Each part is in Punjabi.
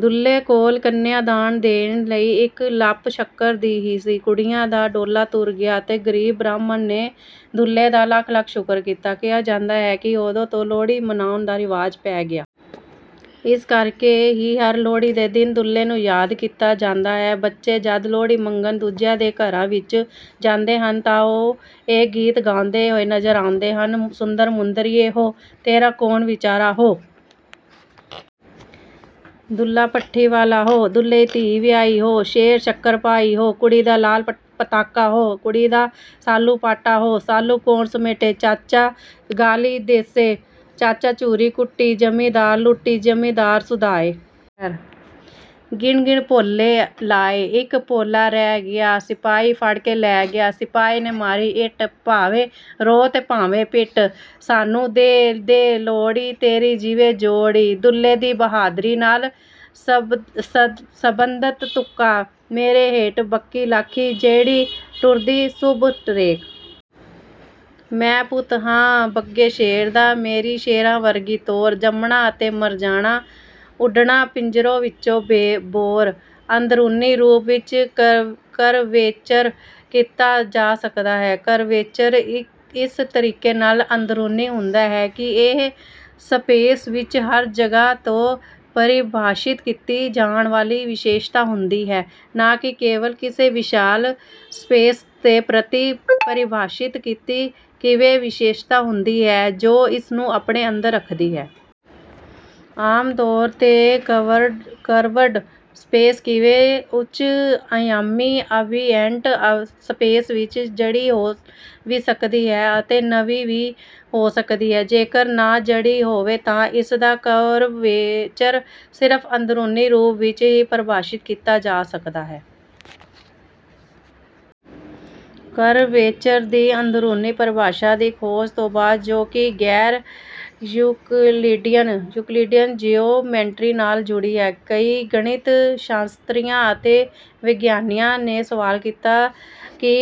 ਦੁੱਲੇ ਕੋਲ ਕੰਨਿਆ-ਦਾਨ ਦੇਣ ਲਈ ਇੱਕ ਲੱਪ ਸ਼ੱਕਰ ਦੀ ਹੀ ਸੀ। ਕੁੜੀਆਂ ਦਾ ਡੋਲਾ ਤੁਰ ਗਿਆ ਅਤੇ ਗ਼ਰੀਬ ਬ੍ਰਾਹਮਣ ਨੇ ਦੁੱਲੇ ਦਾ ਲੱਖ-ਲੱਖ ਸ਼ੁਕਰ ਕੀਤਾ। ਕਿਹਾ ਜਾਂਦਾ ਹੈ ਕਿ ਉਦੋਂ ਤੋਂ ਲੋਹੜੀ ਮਨਾਉਣ ਦਾ ਰਿਵਾਜ਼ ਪੈ ਗਿਆ। ਇਸ ਕਰਕੇ ਹੀ ਹਰ ਲੋਹੜੀ ਦੇ ਦਿਨ ਦੁੱਲੇ ਨੂੰ ਯਾਦ ਕੀਤਾ ਜਾਂਦਾ ਹੈ। ਬੱਚੇ ਜਦ ਲੋਹੜੀ ਮੰਗਣ ਦੂਜਿਆਂ ਦੇ ਘਰਾਂ ਵਿੱਚ ਜਾਂਦੇ ਹਨ ਤਾਂ ਉਹ ਇਹ ਗੀਤ ਗਾਉਂਦੇ ਹੋਏ ਨਜ਼ਰ ਆਉਂਦੇ ਹਨ - ਸੁੰਦਰ ਮੁੰਦਰੀਏ ਹੋ, ਤੇਰਾ ਕੌਣ ਵਿਚਾਰਾ ਹੋ। ਦੁੱਲਾ ਭੱਟੀ ਵਾਲਾ ਹੋ, ਦੁੱਲੇ ਧੀ ਵਿਆਹੀ ਹੋ। ਸੇਰ ਸ਼ੱਕਰ ਪਾਈ ਹੋ, ਕੁੜੀ ਦਾ ਲਾਲ ਪਤਾਕਾ ਹੋ। ਕੁੜੀ ਦਾ ਸਾਲੂ ਪਾਟਾ ਹੋ, ਸਾਲੂ ਕੌਣ ਸਮੇਟੇ। ਚਾਚਾ ਗਾਲ਼ੀ ਦੇਸੇ, ਚਾਚੇ ਚੂਰੀ ਕੁੱਟੀ। ਜ਼ਿਮੀਂਦਾਰ ਲੁੱਟੀ, ਜ਼ਿਮੀਂਦਾਰ ਸੁਧਾਏ। ਗਿਣ-ਗਿਣ ਪੌਲੇ ਲਾਏ, ਇੱਕ ਭੋਲ਼ਾ ਰਹਿ ਗਿਆ। ਸਿਪਾਹੀ ਫੜ ਕੇ ਲੈ ਗਿਆ, ਸਿਪਾਹੀ ਨੇ ਮਾਰੀ ਇੱਟ। ਭਾਵੇਂ ਰੋ 'ਤੇ ਭਾਵੇਂ ਪਿੱਟ, ਸਾਨੂੰ ਦੇ ਦੇ ਲੋਹੜੀ, ਤੇਰੀ ਜੀਵੇ ਜੋੜੀ। ਦੁੱਲੇ ਦੀ ਬਹਾਦਰੀ ਨਾਲ ਸਬੰਧਤ ਤੁਕਾਂ - ਮੇਰੇ ਹੇਠ ਬੱਕੀ ਲਾਖੀ, ਜਿਹੜੀ ਟੁਰਦੀ ਸੁੰਬ ਟਰੇ। ਮੈਂ ਪੁੱਤ ਹਾਂ ਬੱਗੇ ਸ਼ੇਰ ਦਾ, ਮੇਰੀ ਸ਼ੇਰਾਂ ਵਰਗੀ ਤੋਰ। ਜੰਮਣਾ ਅਤੇ ਮਰ ਜਾਣਾ, ਉੱਡਣਾ ਪਿੰਜਰੇ ਵਿੱਚੋਂ ਭੌਰ। ਅੰਦਰੂਨੀ ਰੂਪ ਵਿੱਚ ਕਰਵੇਚਰ ਕੀਤਾ ਜਾ ਸਕਦਾ ਹੈ। ਕਰਵੇਚਰ ਇਸ ਤਰੀਕੇ ਨਾਲ ਅੰਦਰੂਨੀ ਹੁੰਦਾ ਹੈ ਕਿ ਇਹ ਸਪੇਸ ਵਿੱਚ ਹਰ ਜਗ੍ਹਾ 'ਤੇ ਪਰਿਭਾਸ਼ਿਤ ਕੀਤੀ ਜਾਣ ਵਾਲੀ ਵਿਸ਼ੇਸ਼ਤਾ ਹੁੰਦੀ ਹੈ, ਨਾ ਕਿ ਕੇਵਲ ਕਿਸੇ ਵਿਸ਼ਾਲ ਸਪੇਸ ਦੇ ਪ੍ਰਤੀ ਪਰਿਭਾਸ਼ਿਤ ਕੀਤੀ ਕਿਵੇ ਵਿਸ਼ੇਸ਼ਤਾ ਹੁੰਦੀ ਹੈ ਜੋ ਇਸਨੂੰ ਆਪਣੇ ਅੰਦਰ ਰੱਖਦੀ ਹੈ। ਆਮ ਤੌਰ 'ਤੇ, ਕਰਵਡ ਸਪੇਸ ਕਿਵੇ ਉੱਚ-ਅਯਾਮੀ ਐਂਬੀਐਂਟ ਸਪੇਸ ਵਿੱਚ ਜੜੀ ਹੋ ਵੀ ਸਕਦੀ ਹੈ ਅਤੇ ਨਹੀਂ ਵੀ ਹੋ ਸਕਦੀ ਹੈ। ਜੇਕਰ ਨਾ ਜੜੀ ਹੋਵੇ ਤਾਂ ਇਸਦਾ ਕਰਵੇਚਰ ਸਿਰਫ ਅੰਦਰੂਨੀ ਰੂਪ ਵਿੱਚ ਹੀ ਪਰਿਭਾਸ਼ਿਤ ਕੀਤਾ ਜਾ ਸਕਦਾ ਹੈ। ਕਰਵੇਚਰ ਦੀ ਅੰਦਰੂਨੀ ਪਰਿਭਾਸ਼ਾ ਦੀ ਖੋਜ ਤੋਂ ਬਾਅਦ, ਜੋ ਕਿ ਗੈਰ-ਯੂਕਲਿਡੀਅਨ ਜੀਓਮੈਟਰੀ ਨਾਲ ਜੁੜੀ ਹੈ, ਕਈ ਗਣਿਤ ਸ਼ਾਸਤਰੀਆਂ ਅਤੇ ਵਿਗਿਆਨੀਆਂ ਨੇ ਸਵਾਲ ਕੀਤਾ ਕਿ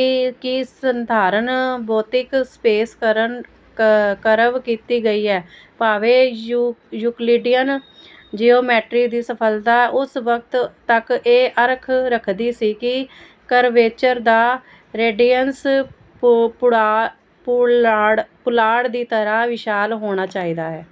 ਕੀ ਸਧਾਰਨ ਭੌਤਿਕੀ ਸਪੇਸ ਕਰਵ ਕੀਤੀ ਗਈ ਹੈ, ਭਾਵੇਂ ਯੂਕਲਿਡੀਅਨ ਜੀਓਮੈਟਰੀ ਦੀ ਸਫਲਤਾ ਉਸ ਵਕਤ ਤੱਕ ਇਹ ਅਰਖ ਰੱਖਦੀ ਸੀ ਕਿ ਕਰਵੇਚਰ ਦਾ ਰੇਡੀਅਸ ਪੁਲਾੜ ਦੀ ਤਰ੍ਹਾਂ ਵਿਸ਼ਾਲ ਹੋਣਾ ਚਾਹੀਦਾ ਹੈ।